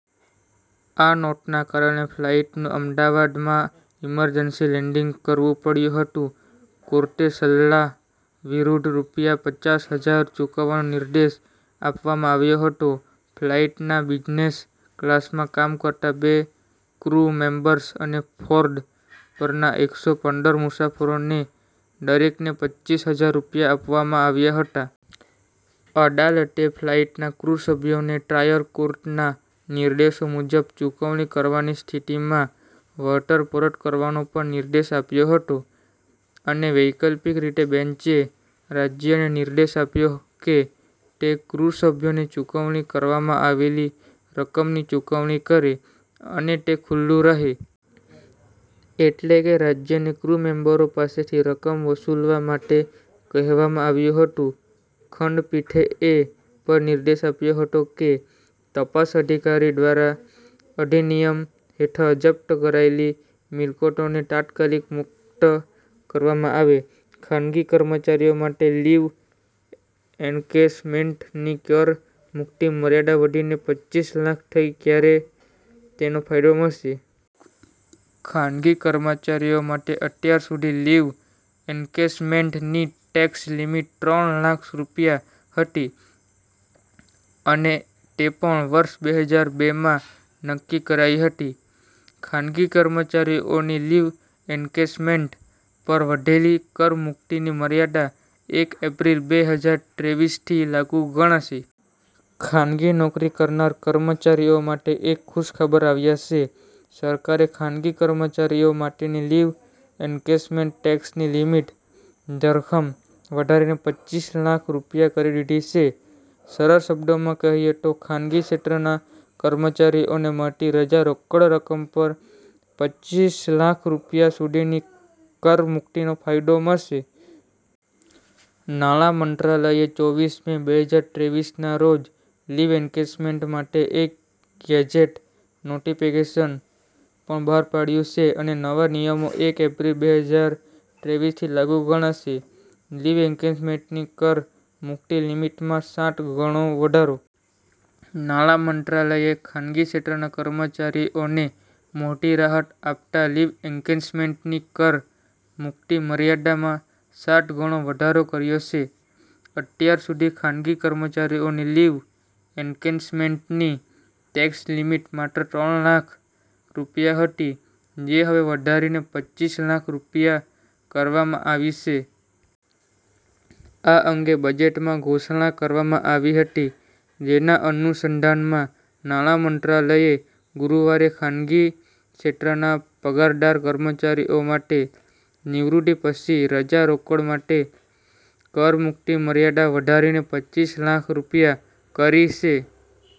આ નોટના કારણે ફ્લાઈટનું અમદાવાદમાં ઈમરજન્સી લેન્ડિંગ કરવું પડ્યું હતું. કોર્ટે સલ્લા વિરુદ્ધ રૂપિયા પચાસ હજાર ચૂકવવાનો નિર્દેશ આપવામાં આવ્યો હતો. ફ્લાઇટના બિઝનેસ ક્લાસમાં કામ કરતા બે ક્રૂ મેમ્બર્સ અને બોર્ડ પરના એકસો પંદર મુસાફરોને દરેકને પચ્ચીસ હજાર રૂપિયા આપવામાં આવ્યા હતા. અદાલતે ફ્લાઇટના ક્રૂ સભ્યોને ટ્રાયલ કોર્ટના નિર્દેશો મુજબ ચૂકવણી કરવાની સ્થિતિમાં વળતર પરત કરવાનો પણ નિર્દેશ આપ્યો હતો અને વૈકલ્પિક રીતે, બેન્ચે રાજ્યને નિર્દેશ આપ્યો કે, તે "ક્રુ સભ્યોને ચૂકવણી કરવામાં આવેલી રકમની ચૂકવણી કરે, અને તે ખુલ્લું રહે." એટલે કે, રાજ્યને ક્રૂ મેમ્બરો પાસેથી રકમ વસૂલવા માટે કહેવામાં આવ્યું હતું. ખંડપીઠે એ પણ નિર્દેશ આપ્યો હતો કે, તપાસ અધિકારી દ્વારા અધિનિયમ હેઠળ જપ્ત કરાયેલી મિલકતોને "તાત્કાલિક મુક્ત કરવામાં આવે". ખાનગી કર્મચારીઓ માટે લીવ એન્કેશમેન્ટની કર મુક્તિ મર્યાદા વધીને પચ્ચીસ લાખ થઇ, ક્યારે તેનો ફાયદો મળશે? ખાનગી કર્મચારીઓ માટે અત્યાર સુધી લીવ એન્કેશમેન્ટની ટેક્સ લિમિટ ત્રણ લાખ રૂપિયા હતી અને તે પણ વર્ષ બે હજાર બેમાં નક્કી કરાઇ હતી. ખાનગી કર્મચારીઓની લીવ એન્કેશમેન્ટ પર વધેલી કર મુક્તિની મર્યાદા એક એપ્રિલ, બે હજાર ત્રેવીસથી લાગુ ગણાશે. ખાનગી નોકરી કરનાર કર્મચારીઓ માટે એક ખુશ ખબર આવ્યા છે. સરકારે ખાનગી કર્મચારીઓ માટેની લીવ એન્કેશમેન્ટ ટેક્સની લિમિટ ધરખમ વધારીને પચ્ચીસ લાખ રૂપિયા કરી દીધી છે. સરળ શબ્દોમાં કહીયે તો ખાનગી ક્ષેત્રના કર્મચારીઓને મળતી રજા રોકડ રકમ પર પચ્ચીસ લાખ રૂપિયા સુધીની કર મુક્તિનો ફાયદો મળશે. નાણા મંત્રાલયે ચોવીસ મે બેહજાર ત્રેવીસના રોજ લીવ એન્કેશમેન્ટ માટે એક ગેઝેટ નોટિફિકેશન પણ બહાર પાડ્યું છે અને નવા નિયમો એક એપ્રિલ, બેહજાર ત્રેવીસથી લાગુ ગણાશે. લીવ એન્કેશમેન્ટની કર મુક્તિ લિમિટમાં સાત ગણો વધારો. નાણાં મંત્રાલયે ખાનગી ક્ષેત્રના કર્મચારીઓને મોટી રાહત આપતા લીવ એન્કેશમેન્ટની કર મુક્તિ મર્યાદામાં સાત ગણો વધારો કર્યો છે. અત્યાર સુધી ખાનગી કર્મચારીઓની લીવ એન્કેશમેન્ટની ટેક્સ લિમિટ માત્ર ત્રણ લાખ રૂપિયા હતી, જે હવે વધારીને પચ્ચીસ લાખ રૂપિયા કરવામાં આવી છે. આ અંગે બજેટમાં ઘોષણા કરવામાં આવી હતી. જેના અનુસંધાનમાં નાણા મંત્રાલયે ગુરુવારે ખાનગી ક્ષેત્રના પગારદાર કર્મચારીઓ માટે નિવૃત્તિ પછી રજા રોકડ માટે કર મુક્તિ મર્યાદા વધારીને પચ્ચીસ લાખ રૂપિયા કરી છે.